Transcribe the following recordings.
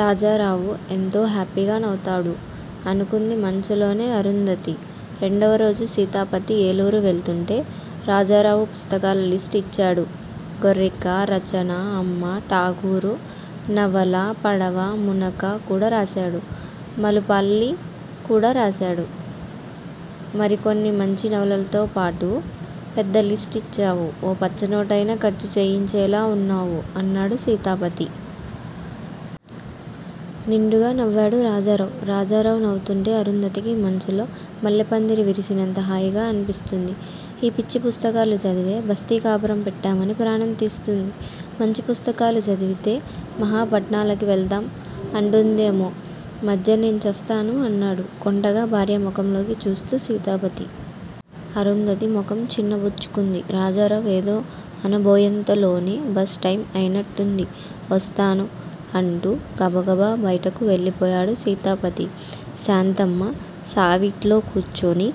రాజారావు ఎంత హాయిగా నవ్వుతాడు! అనుకుంది మనస్సులోనే అరుంధతి. రెండోరోజు సీతాపతి ఏలూరు వెళుతూంటే రాజారావు పుస్తకాల లిస్టు ఇచ్చాడు. గోరిక రచన అమ్మ, ఠాకూరు నవల పడవ మునక కూడా రాశాడు. మాలపల్లి కూడా రాశాడు మరికొన్ని మంచినవలలతోపాటు. పెద్ద లిస్టే ఇచ్చావు ఓ పచ్చనోటయినా ఖర్చు చేయించేలా ఉన్నావు అన్నాడు సీతాపతి. నిండుగా నవ్వాడు రాజారావు. రాజారావు నవ్వుతుంటే అరుంధతికి మనస్సులో మల్లెపందిరి విరిసినంత హాయిగా అనిపిస్తుంది. ఈ పిచ్చి పుస్తకాలు చదివే బస్తీ కాపరం పెట్టమని ప్రాణం తీస్తుంది. మంచి పుస్తకాలు చదివితే మహా పట్నాలకే వెళదాం అంటుందేమో! మధ్య నేను చస్తాను అన్నాడు కొంటెగా భార్య ముఖంలోకి చూస్తూ సీతాపతి. అరుంధతి ముఖం చిన్నబుచ్చుకుంది. రాజారావు ఏదో అనబోయేంతలోనే బస్ టైం అయినట్టుంది. వస్తాను అంటూ గబగబా బయటకు వెళ్ళిపోయాడు సీతాపతి. శాంతమ్మ సావిట్లో కూచుని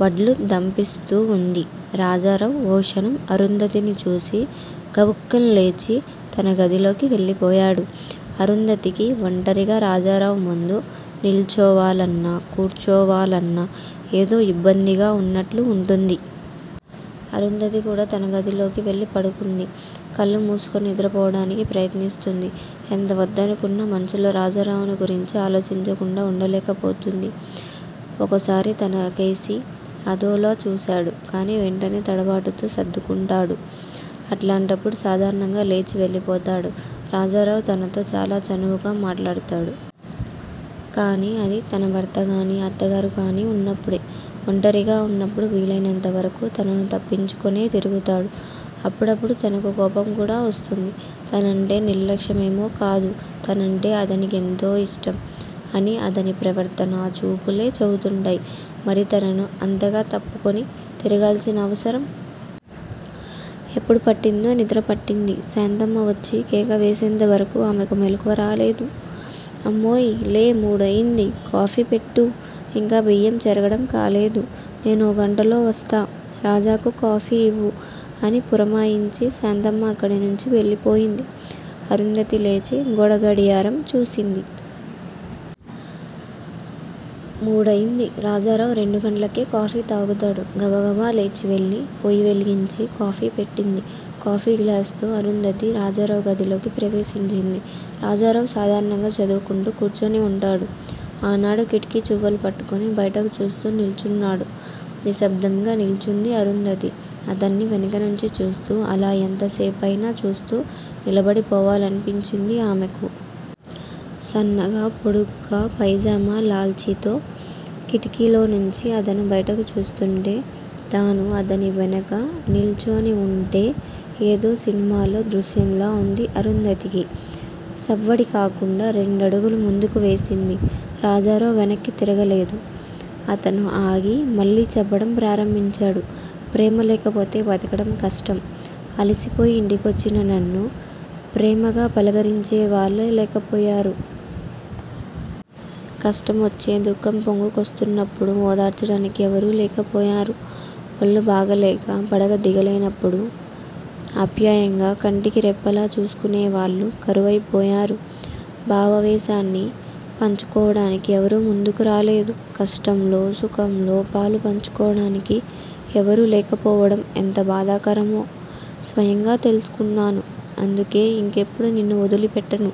వడ్లు దంపిస్తూ వుంది. రాజారావు ఓ క్షణం అరుంధతిని చూసి గబుక్కున లేచి తన గదిలోకి వెళ్ళిపోయాడు. అరుంధతికి వంటరిగా రాజారావు ముందు నిల్చోవాలన్నా, కూచోవాలన్నా ఏదో ఇబ్బందిగా వున్నట్లు వుంటుంది. అరుంధతి కూడా తన గదిలోకి వెల్లి పడుకుంది. కళ్ళు మూసుకుని నిద్రపోవటానికి ప్రయత్నిస్తూంది. ఎంత వద్దనుకున్నా మనస్సులో రాజారావును గురించి ఆలోచించకుండా వుండలేకపోతూంది. ఒకోసారి తనకేసి అదోలా చూస్తాడు. కాని వెంటనే తడబాటుతో సర్దుకుంటాడు. అలాంటప్పుడు సాధారణంగా లేచి వెళ్ళిపోతాడు. రాజారావు తనతో చాలా చనువుగా మాట్లాడతాడు. కాని అది తన భర్తగానీ, అత్తగారుగాని వున్నప్పుడే. వంటరిగా వున్నప్పుడు వీలయినంతవరకు తనను తప్పించుకొనే తిరుగుతాడు. అప్పుడప్పుడు తనకు కోపంకూడా వస్తుంది. తనంటే నిర్లక్ష్యమేమో కాదు తనంటే అతనికి ఎంతో ఇష్టం అని అతని ప్రవర్తనా, చూపులే చెబుతుంటాయి. మరి తనను అంతగా తప్పుకుని తిరగాల్సిన అవసరం? ఎప్పుడు పట్టిందో నిద్ర పట్టింది. శాంతమ్మ వచ్చి కేక వేసేంతవరకూ ఆమెకు మెలుకువ రాలేదు. అమ్మాయ్, లే! మూడయింది. కాఫీ పెట్టు. ఇంకా బియ్యం చెరగటం కాలేదు. నేను ఓ గంటలో వస్తా. రాజాకు కాఫీ ఇవ్వు అని పురమాయించి శాంతమ్మ అక్కడనుంచి వెళ్ళిపోయింది. అరుంధతి లేచి గోడగడియారం చూసింది. మూడయింది. రాజారావు రెండు గంటలకే కాఫీ తాగుతాడు. గబగబా లేచివెళ్ళి పొయ్యి వెలిగించి కాఫీ పెట్టింది. కాఫీ గ్లాసుతో అరుంధతి రాజారావు గదిలో ప్రవేశించింది. రాజారావు సాధారణంగా చదువుకుంటూ కూచుని వుంటాడు. ఆనాడు కిటికీచువ్వలు పట్టుకొని బయటకు చూస్తూ నిల్చున్నాడు. నిశ్శబ్దంగా నిలుచుంది అరుంధతి. అతన్ని వెనకనుంచి చూస్తూ- అలా యెంతసేపయినా చూస్తూ నిలబడిపోవాలనిపించింది ఆమెకు. సన్నగా పొడుగ్గా, పైజామా-లాల్చీతో కిటికీలోనుంచి అతను బయటకు చూస్తుంటే, తను అతని వెనుక నిల్చునివుంటే-ఏదో సినిమాలో దృశ్యంలా వుంది అరుంధతికి. సవ్వడి కాకుండా రెండడుగులు ముందుకు వేసింది. రాజారావు వెనక్కు తిరగలేదు. అతను ఆగి మళ్ళీ చెప్పడం ప్రారంభించాడు. ప్రేమ లేకపోతే బతకడం కష్టం. అలసిపోయి ఇంటికొచ్చిన నన్ను ప్రేమగా పలకరించేవాళ్ళు లేకపోయారు. కష్టమొచ్చి దుఃఖం పొంగుకొస్తున్నప్పుడు ఓదార్చడానికి ఎవరూ లేకపోయారు. ఒళ్ళు బాగాలేక పడక దిగలేనప్పుడు ఆప్యాయంగా కంటికి రెప్పలా చూసుకునే వాళ్ళు కరువైపోయారు. భావావేశాన్ని పంచుకోవడానికి ఎవరూ ముందుకు రాలేదు. కష్టంలో, సుఖంలో పాలు పంచుకోవడానికి ఎవరూ లేకపోవడం ఎంత బాధాకరమో స్వయంగా తెలుసుకున్నాను. అందుకే ఇంకెప్పుడూ నిన్ను వదిలిపెట్టను.